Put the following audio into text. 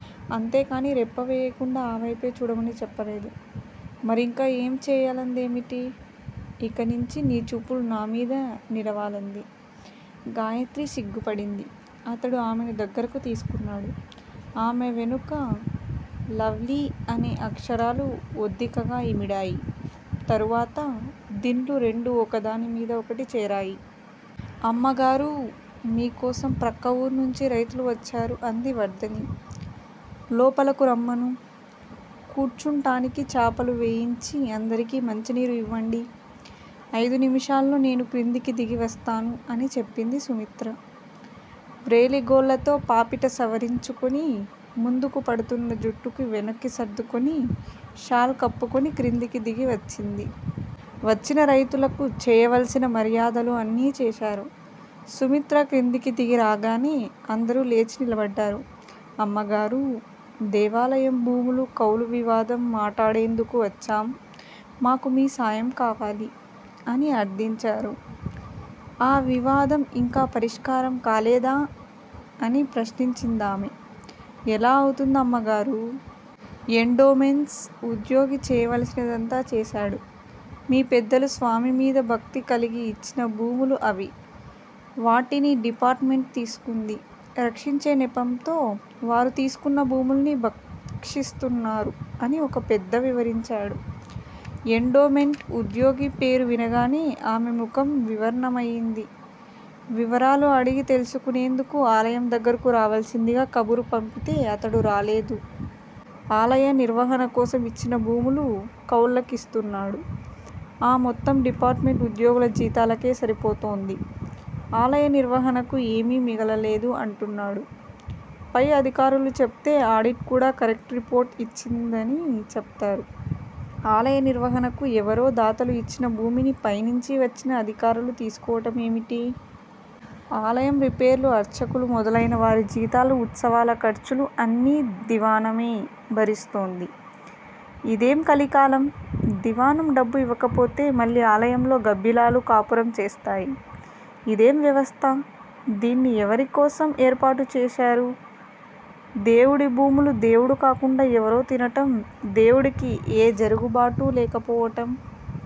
అంతేకాని రెప్పవేయకుండా ఆవైపే చూడమని చెప్పలేదు మరి ఇంకా ఏం చేయలందేమిటి? ఇకనించి నీ చూపులు నామీద నిలవాలంది. గాయత్రి సిగ్గుపడింది. అతడు ఆమెను దగ్గరకు తీసుకున్నాడు. ఆమె వెనుక లవ్ లీ అనే అక్షరాలు ఒద్దికగా ఇమిడాయి. తరువాత దిండ్లు రెండు ఒకదానిమీద ఒకటి చేరాయి. అమ్మగారూ! మీకోసం ప్రక్కఊరినుంచి రైతులు వచ్చారు అంది వర్ధని. లోపలకు రమ్మను! కూర్చుంటానికి చాపలు వేయించి అందరికి మంచినీరు ఇవ్వండి. అయిదు నిముషాల్లో నేను క్రిందికి దిగి వస్తాను అని చెప్పింది సుమిత్ర. వ్రేలిగోళ్ళతో పాపిట సవరించుకుని ముందుకు పడుతున్న జుట్టుకి వెనక్కి సర్దుకుని షాల్ కప్పుకుని క్రిందికి దిగి వచ్చింది. వచ్చిన రైతులకు చేయవలసిన మర్యాదలు అన్నీ చేశారు. సుమిత్ర క్రిందికి దిగి రాగానే అందరూ లేచి నిలబడ్డారు. అమ్మగారూ! దేవాలయం భూములు కౌలువివాదం మాటాడేందుకు వచ్చాం మాకు మీ సాయం కావాలి! అని అర్దించారు. ఆ వివాదం ఇంకా పరిష్కారం కాలేదా? అని ప్రశ్నించిందామె. ఎలా అవుతుందమ్మగారూ! ఎండోమెంట్స్ ఉద్యోగి చేయవలసినదంతా చేశాడు. మీ పెద్దలు స్వామిమీద భక్తి కలిగి ఇచ్చిన భూములు అవి! వాటిని డిపార్టుమెంట్ తీసుకుంది. రక్షించే నెపంతో వారు తీసుకున్న భూముల్ని భక్షిస్తున్నారు అని ఒక పెద్ద వివరించాడు. ఎండోమెంట్ ఉద్యోగి పేరు వినగానే ఆమె ముఖం వివర్ణమయ్యింది. వివరాలు అడిగి తెలుసుకునేందుకు ఆలయం దగ్గరకు రావలసిందిగా కబురు పంపితే అతడు రాలేదు. ఆలయ నిర్వహణకోసం ఇచ్చిన భూములు కౌళ్ళకి యిస్తున్నాడు. ఆ మొత్తం డిపార్టుమెంటు ఉద్యోగుల జీతాలకే సరిపోతోంది. ఆలయ నిర్వహణకు ఏమీ మిగలలేదు అంటున్నాడు. పై అధికారులు చెప్తే ఆడిట్ కూడా కరెక్ట్ రిపోర్ట్ ఇచ్చిందని చెప్తారు. ఆలయ నిర్వహణకు ఎవరో దాతలు ఇచ్చిన భూమిని పైనించి వచ్చిన అధికారులు తీసుకోవటం ఏమిటి? ఆలయం రిపేర్లు అర్చకులు మొదలయిన వారి జీతాలు ఉత్సవాల ఖర్చులు అన్నీ దివాణమే భరిస్తోంది. ఇదేం కలికాలం! దివాణం డబ్బు ఇవ్వకపోతే మళ్ళీ ఆలయంలో గబ్బిలాలు కాపురం చేస్తాయి. ఇదేం వ్యవస్థ! దీన్ని ఎవరికోసం ఏర్పాటుచేశారు. దేవుడి భూములు దేవుడు కాకుండా ఎవరో తినటం, దేవుడికి ఏ జరుగుబాటూ లేకపోవటం!